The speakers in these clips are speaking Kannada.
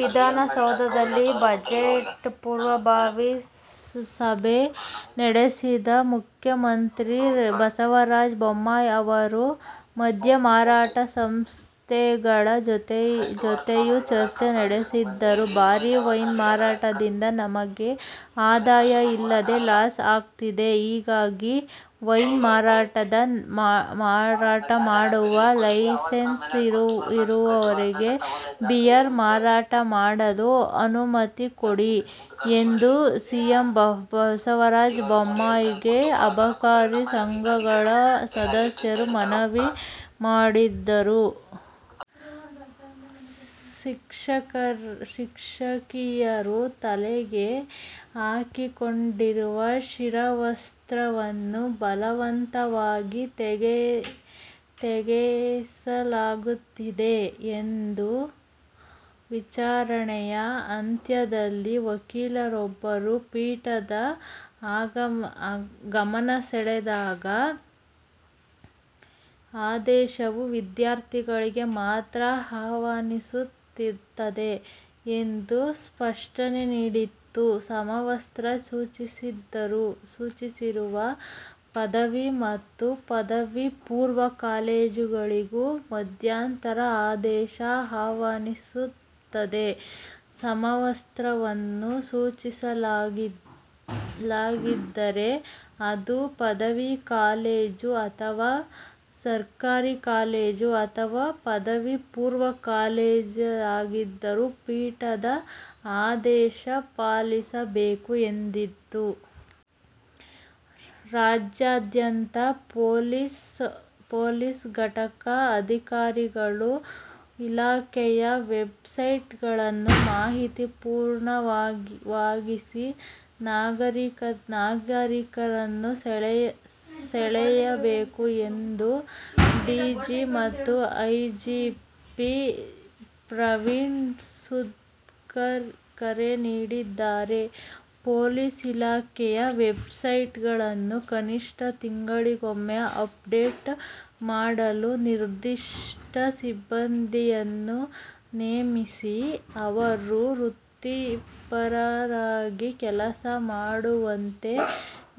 ವಿಧಾನಸೌಧದಲ್ಲಿ ಬಜೆಟ್ ಪೂರ್ವಭಾವಿ ಸಭೆ ನಡೆಸಿದ ಮುಖ್ಯಮಂತ್ರಿ ಬಸವರಾಜ ಬೊಮ್ಮಾಯಿ ಅವರು ಮದ್ಯ ಮಾರಾಟ ಸಂಸ್ಥೆಗಳ ಜೊತೆಯೂ ಚರ್ಚೆ ನಡೆಸಿದರು. ಬರೀ ವೈನ್ ಮಾರಾಟದಿಂದ ನಮಗೆ ಆದಾಯ ಇಲ್ಲದೇ ಲಾಸ್ ಆಗ್ತಿದೆ. ಹೀಗಾಗಿ ವೈನ್ ಮಾರಾಟ ಮಾಡುವ ಲೈಸೆನ್ಸ್ ಇರುವವರಿಗೆ ಬಿಯರ್ ಮಾರಾಟ ಮಾಡಲು ಅನುಮತಿ ಕೊಡಿ ಎಂದು ಸಿಎಂ ಬಸವರಾಜ ಬೊಮ್ಮಯಿ ಗೆ ಅಬಕಾರಿ ಸಂಘಗಳ ಸದಸ್ಯರು ಮನವಿ ಮಾಡಿದರು. ಶಿಕ್ಷಕಿಯರು ತಲೆಗೆ ಹಾಕಿಕೊಂಡಿರುವ ಶಿರವಸ್ತ್ರವನ್ನು ಬಲವಂತವಾಗಿ ತೆಗೆಸಲಾಗುತ್ತಿದೆ ಎಂದು ವಿಚಾರಣೆಯ ಅಂತ್ಯದಲ್ಲಿ ವಕೀಲರೊಬ್ಬರು ಪೀಠದ ಗಮನಸೆಳೆದಾಗ 'ಆದೇಶವು ವಿದ್ಯಾರ್ಥಿಗಳಿಗೆ ಮಾತ್ರ ಅನ್ವಯಿಸುತ್ತದೆ' ಎಂದು ಸ್ಪಷ್ಟನೆ ನೀಡಿತು. ಸಮವಸ್ತ್ರ ಸೂಚಿಸಿರುವ ಪದವಿ ಮತ್ತು ಪದವಿ ಪೂರ್ವ ಕಾಲೇಜುಗಳಿಗೂ ಮಧ್ಯಂತರ ಆದೇಶ ಅನ್ವಯಿಸುತ್ತದೆ. 'ಸಮವಸ್ತ್ರವನ್ನು ಸೂಚಿಸಲಾಗಿದ್ದರೆ ಅದು ಪದವಿ ಕಾಲೇಜು ಅಥವಾ ಸರ್ಕಾರಿ ಕಾಲೇಜು ಅಥವಾ ಪದವಿ ಪೂರ್ವ ಕಾಲೇಜಾಗಿದ್ದರೂ ಪೀಠದ ಆದೇಶ ಪಾಲಿಸಬೇಕು' ಎಂದಿತು. ರಾಜ್ಯಾದ್ಯಂತ ಪೊಲೀಸ್ ಘಟಕ ಅಧಿಕಾರಿಗಳು ಇಲಾಖೆಯ ವೆಬ್ ಸೈಟ್ ಗಳನ್ನು ಮಾಹಿತಿ ಪೂರ್ಣವಾಗಿಸಿ ನಾಗರಿಕರನ್ನು ಸೆಳೆಯಬೇಕು ಎಂದು ಡಿಜಿ ಮತ್ತು ಐಜಿಪಿ ಪ್ರವೀಣ್ ಸೂದ್ ಕರೆ ನೀಡಿದ್ದಾರೆ. ಪೊಲೀಸ್ ಇಲಾಖೆಯ ವೆಬ್ ಸೈಟ್ ಗಳನ್ನು ಕನಿಷ್ಠ ತಿಂಗಳಿಗೊಮ್ಮೆ ಅಪ್ ಡೇಟ್ ಮಾಡಲು ನಿರ್ದಿಷ್ಟ ಸಿಬ್ಬಂದಿಯನ್ನು ನೇಮಿಸಿ ಅವರು ವೃತ್ತಿಪರರಾಗಿ ಕೆಲಸ ಮಾಡುವಂತೆ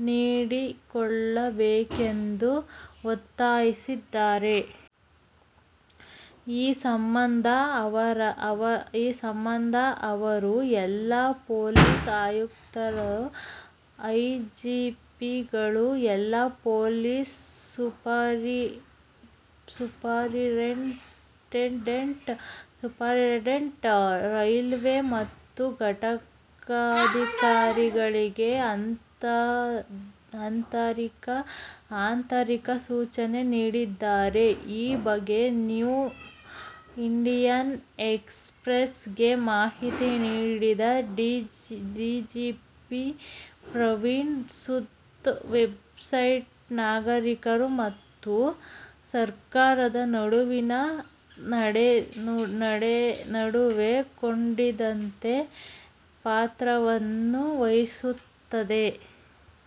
ನೋಡಿಕೊಳ್ಳಬೇಕೆಂದು ಒತ್ತಾಯಿಸಿದ್ದಾರೆ. ಈ ಸಂಬಂಧ ಅವರು ಎಲ್ಲಾ ಪೊಲೀಸ್ ಆಯುಕ್ತರು, ಐಜಿಪಿಗಳು, ಜಿಲ್ಲಾ ಪೊಲೀಸ್ ಸೂಪರಿಂಟೆಂಡೆಂಟ್, ರೈಲ್ವೆ ಮತ್ತು ಘಟಕಾಧಿಕಾರಿಗಳಿಗೆ ಆಂತರಿಕ ಸೂಚನೆ ನೀಡಿದ್ದಾರೆ. ಈ ಬಗ್ಗೆ ನ್ಯೂ ಇಂಡಿಯನ್ ಎಕ್ಸ್ ಪ್ರೆಸ್ ಗೆ ಮಾಹಿತಿ ನೀಡಿದ ಡಿಜಿಪಿ ಪ್ರವೀಣ್ ಸೂದ್, ವೆಬ್ಸೈಟ್ ನಾಗರಿಕರು ಮತ್ತು ಸರ್ಕಾರದ ನಡುವಿನ ನಡುವೆ ಕೊಂಡಿಯಂತೆ ಪಾತ್ರವನ್ನು ವಹಿಸುತ್ತದೆ.